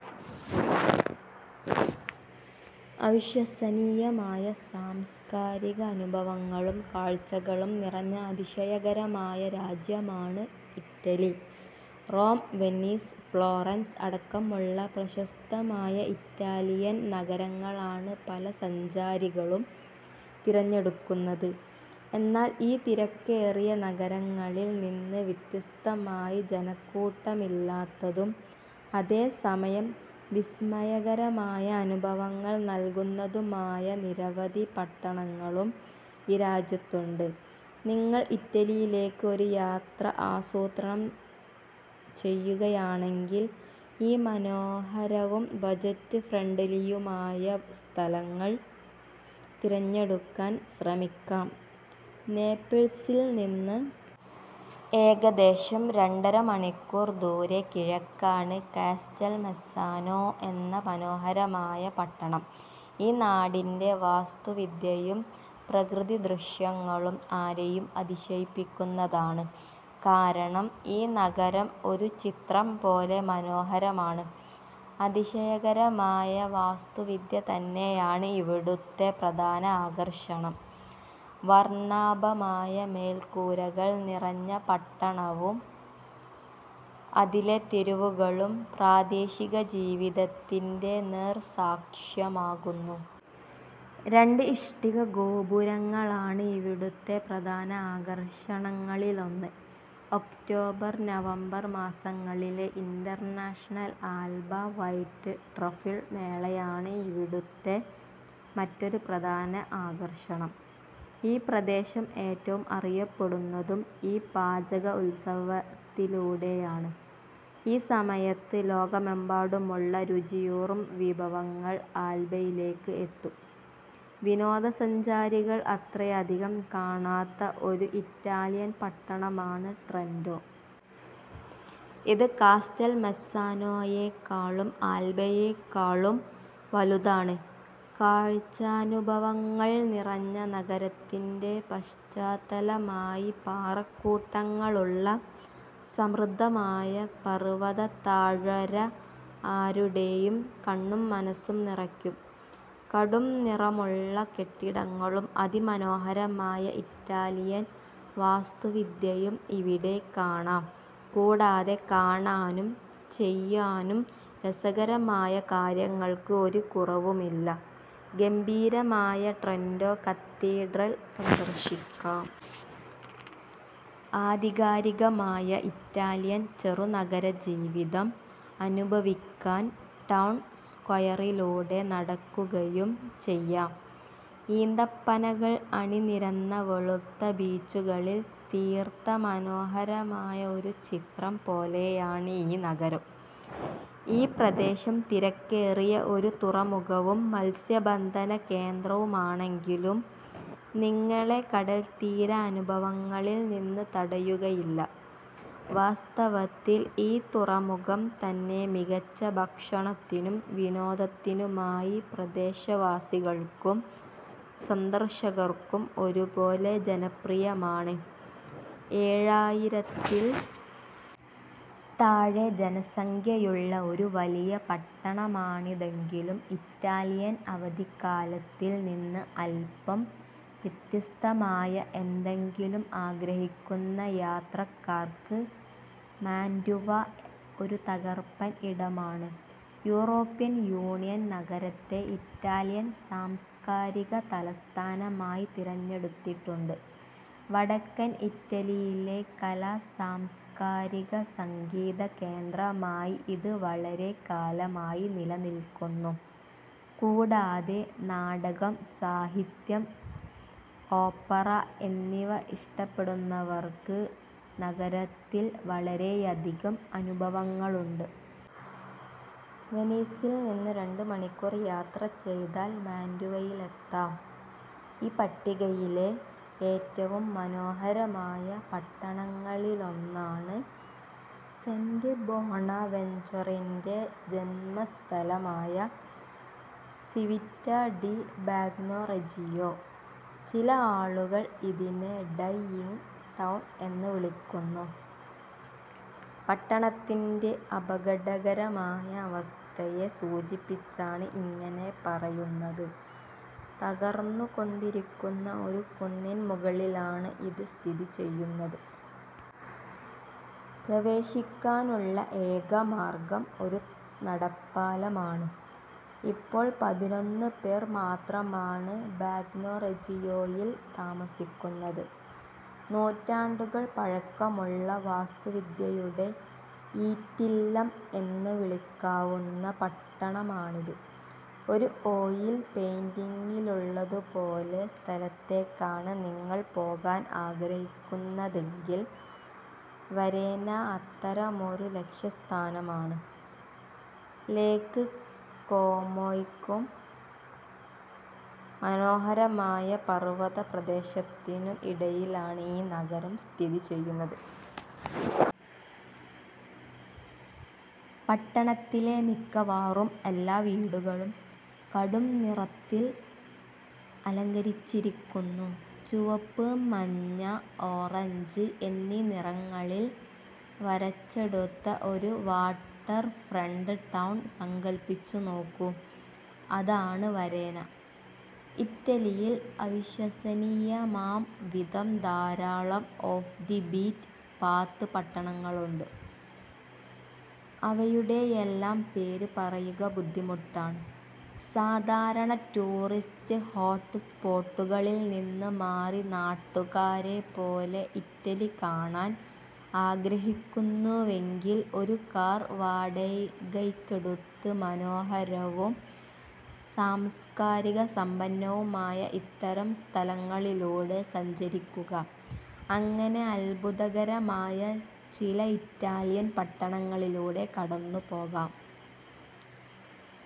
അവിശ്വസനീയമായ സാംസ്കാരിക അനുഭവങ്ങളും കാഴ്ചകളും നിറഞ്ഞ അതിശയകരമായ രാജ്യമാണ് ഇറ്റലി. റോം, വെനീസ്, ഫ്ലോറൻസ് അടക്കമുള്ള പ്രശസ്തമായ ഇറ്റാലിയൻ നഗരങ്ങളാണ് പല സഞ്ചാരികളും തിരഞ്ഞെടുക്കുന്നത്. എന്നാൽ ഈ തിരക്കേറിയ നഗരങ്ങളിൽനിന്ന് വ്യത്യസ്തമായി ജനക്കൂട്ടമില്ലാത്തതും അതേസമയം വിസ്മയകരമായ അനുഭവങ്ങൾ നൽകുന്നതുമായ നിരവധി പട്ടണങ്ങളും ഈ രാജ്യത്തുണ്ട്. നിങ്ങൾ ഇറ്റലിയിലേക്ക് ഒരു യാത്ര ആസൂത്രണം ചെയ്യുകയാണെങ്കിൽ ഈ മനോഹരവും ബജറ്റ് ഫ്രണ്ട്ലിയുമായ സ്ഥലങ്ങൾ തിരഞ്ഞെടുക്കാൻ ശ്രമിക്കാം. നേപ്പിൾസിൽനിന്ന് ഏകദേശം രണ്ടര മണിക്കൂർ ദൂരെ കിഴക്കാണ് കാസ്റ്റൽമെസ്സാനോ എന്ന മനോഹരമായ പട്ടണം. ഈ നാടിന്റെ വാസ്തുവിദ്യയും പ്രകൃതിദൃശ്യങ്ങളും ആരെയും അതിശയിപ്പിക്കുന്നതാണ്. കാരണം ഈ നഗരം ഒരു ചിത്രം പോലെ മനോഹരമാണ്. അതിശയകരമായ വാസ്തുവിദ്യ തന്നെയാണ് ഇവിടുത്തെ പ്രധാന ആകർഷണം. വർണ്ണാഭമായ മേൽക്കൂരകൾ നിറഞ്ഞ പട്ടണവും അതിലെ തെരുവുകളും പ്രാദേശിക ജീവിതത്തിന്റെ നേർസാക്ഷ്യമാകുന്നു. രണ്ട് ഇഷ്ടിക ഗോപുരങ്ങളാണ് ഇവിടുത്തെ പ്രധാന ആകർഷണങ്ങളിലൊന്ന്. ഒക്ടോബർ, നവംബർ മാസങ്ങളിലെ ഇന്റർനാഷണൽ ആൽബ വൈറ്റ് ട്രഫിൾ മേളയാണ് ഇവിടുത്തെ മറ്റൊരു പ്രധാന ആകർഷണം. ഈ പ്രദേശം ഏറ്റവും അറിയപ്പെടുന്നതും ഈ പാചക ഉത്സവത്തിലൂടെയാണ്. ഈ സമയത്ത് ലോകമെമ്പാടുമുള്ള രുചിയൂറും വിഭവങ്ങൾ ആൽബയിലേക്ക് എത്തും. വിനോദസഞ്ചാരികൾ അത്രയധികം കാണാത്ത ഒരു ഇറ്റാലിയൻ പട്ടണമാണ് ട്രെന്റോ. ഇത് കാസ്റ്റൽമെസ്സാനോയേക്കാളും ആൽബയേക്കാളും വലുതാണ്. കാഴ്ചാനുഭവങ്ങൾ നിറഞ്ഞ നഗരത്തിന്റെ പശ്ചാത്തലമായി പാറക്കൂട്ടങ്ങളുള്ള സമൃദ്ധമായ പർവത താഴ്വര ആരുടെയും കണ്ണും മനസ്സും നിറയ്ക്കും. കടുംനിറമുള്ള കെട്ടിടങ്ങളും അതിമനോഹരമായ ഇറ്റാലിയൻ വാസ്തുവിദ്യയും ഇവിടെ കാണാം. കൂടാതെ കാണാനും ചെയ്യാനും രസകരമായ കാര്യങ്ങൾക്ക് ഒരു കുറവുമില്ല. ഗംഭീരമായ ട്രെന്റോ കത്തീഡ്രൽ സന്ദർശിക്കാം. ആധികാരികമായ ഇറ്റാലിയൻ ചെറുനഗര ജീവിതം അനുഭവിക്കാൻ ടൗൺ സ്ക്വയറിലൂടെ നടക്കുകയും ചെയ്യാം. ഈന്തപ്പനകൾ അണിനിരന്ന വെളുത്ത ബീച്ചുകളിൽ തീർത്ത മനോഹരമായ ഒരു ചിത്രം പോലെയാണ് ഈ നഗരം. ഈ പ്രദേശം തിരക്കേറിയ ഒരു തുറമുഖവും മത്സ്യബന്ധന കേന്ദ്രവുമാണെങ്കിലും നിങ്ങളെ കടൽത്തീര അനുഭവങ്ങളിൽനിന്ന് തടയുകയില്ല. വാസ്തവത്തിൽ ഈ തുറമുഖം തന്നെ മികച്ച ഭക്ഷണത്തിനും വിനോദത്തിനുമായി പ്രദേശവാസികൾക്കും സന്ദർശകർക്കും ഒരുപോലെ ജനപ്രിയമാണ്. ഏഴായിരത്തിൽ താഴെ ജനസംഖ്യയുള്ള ഒരു വലിയ പട്ടണമാണിതെങ്കിലും ഇറ്റാലിയൻ അവധിക്കാലത്തിൽനിന്ന് അൽപം വ്യത്യസ്തമായ എന്തെങ്കിലും ആഗ്രഹിക്കുന്ന യാത്രക്കാർക്ക് മാന്റുവ ഒരു തകർപ്പൻ ഇടമാണ്. യൂറോപ്യൻ യൂണിയൻ നഗരത്തെ ഇറ്റാലിയൻ സാംസ്കാരിക തലസ്ഥാനമായി തിരഞ്ഞെടുത്തിട്ടുണ്ട്. വടക്കൻ ഇറ്റലിയിലെ കലാ സാംസ്കാരിക സംഗീത കേന്ദ്രമായി ഇത് വളരെക്കാലമായി നിലനിൽക്കുന്നു. കൂടാതെ നാടകം സാഹിത്യം ഓപ്പറ എന്നിവ ഇഷ്ടപ്പെടുന്നവർക്ക് നഗരത്തിൽ വളരെയധികം അനുഭവങ്ങളുണ്ട്. വെനീസിൽനിന്ന് രണ്ട് മണിക്കൂർ യാത്ര ചെയ്താൽ മാന്റുവയിലെത്താം.ഈ പട്ടികയിലെ ഏറ്റവും മനോഹരമായ പട്ടണങ്ങളിലൊന്നാണ് സെന്റ് ബോണവെൻച്വറിന്റെ ജന്മസ്ഥലമായ സിവിറ്റ ഡി ബാഗ്നോറെജിയോ. ചില ആളുകൾ ഇതിനെ ഡൈയിങ് ടൗൺ എന്ന് വിളിക്കുന്നു. പട്ടണത്തിന്റെ അപകടകരമായ അവസ്ഥയെ സൂചിപ്പിച്ചാണ് ഇങ്ങനെ പറയുന്നത്. തകർന്നുകൊണ്ടിരിക്കുന്ന ഒരു കുന്നിൻ മുകളിലാണ് ഇത് സ്ഥിതിചെയ്യുന്നത്. പ്രവേശിക്കാനുള്ള ഏക മാർഗം ഒരു നടപ്പാലമാണ്. ഇപ്പോൾ പതിനൊന്ന് പേർ മാത്രമാണ് ബാഗ്നോറെജിയോയിൽ താമസിക്കുന്നത്. നൂറ്റാണ്ടുകൾ പഴക്കമുള്ള വാസ്തുവിദ്യയുടെ ഈറ്റില്ലം എന്ന് വിളിക്കാവുന്ന പട്ടണമാണിത്. ഒരു ഓയിൽ പെയിന്റിങ്ങിലുള്ളതുപോലെ സ്ഥലത്തേക്കാണ് നിങ്ങൾ പോകാൻ ആഗ്രഹിക്കുന്നതെങ്കിൽ വരേന അത്തരമൊരു ലക്ഷ്യസ്ഥാനമാണ്. ലേക്ക് കോമോയ്ക്കും മനോഹരമായ പർവത പ്രദേശത്തിനും ഇടയിലാണ് ഈ നഗരം സ്ഥിതിചെയ്യുന്നത്. പട്ടണത്തിലെ മിക്കവാറും എല്ലാ വീടുകളും കടുംനിറത്തിൽ അലങ്കരിച്ചിരിക്കുന്നു. ചുവപ്പ്, മഞ്ഞ, ഓറഞ്ച് എന്നീ നിറങ്ങളിൽ വരച്ചെടുത്ത ഒരു വാട്ടർഫ്രണ്ട് ടൗൺ സങ്കൽപിച്ചു നോക്കൂ. അതാണ് വരേന. ഇറ്റലിയിൽ അവിശ്വസനീയമാംവിധം ധാരാളം ഓഫ് ദി ബീറ്റ് പാത്ത് പട്ടണങ്ങളുണ്ട്. അവയുടെയെല്ലാം പേര് പറയുക ബുദ്ധിമുട്ടാണ്. സാധാരണ ടൂറിസ്റ്റ് ഹോട്ട് സ്പോട്ടുകളിൽനിന്ന് മാറി നാട്ടുകാരെപ്പോലെ ഇറ്റലി കാണാൻ ആഗ്രഹിക്കുന്നുവെങ്കിൽ ഒരു കാർ വാടകയ്ക്കെടുത്ത് മനോഹരവും സാംസ്കാരിക സമ്പന്നവുമായ ഇത്തരം സ്ഥലങ്ങളിലൂടെ സഞ്ചരിക്കുക. അങ്ങനെ അദ്ഭുതകരമായ ചില ഇറ്റാലിയൻ പട്ടണങ്ങളിലൂടെ കടന്നുപോകാം.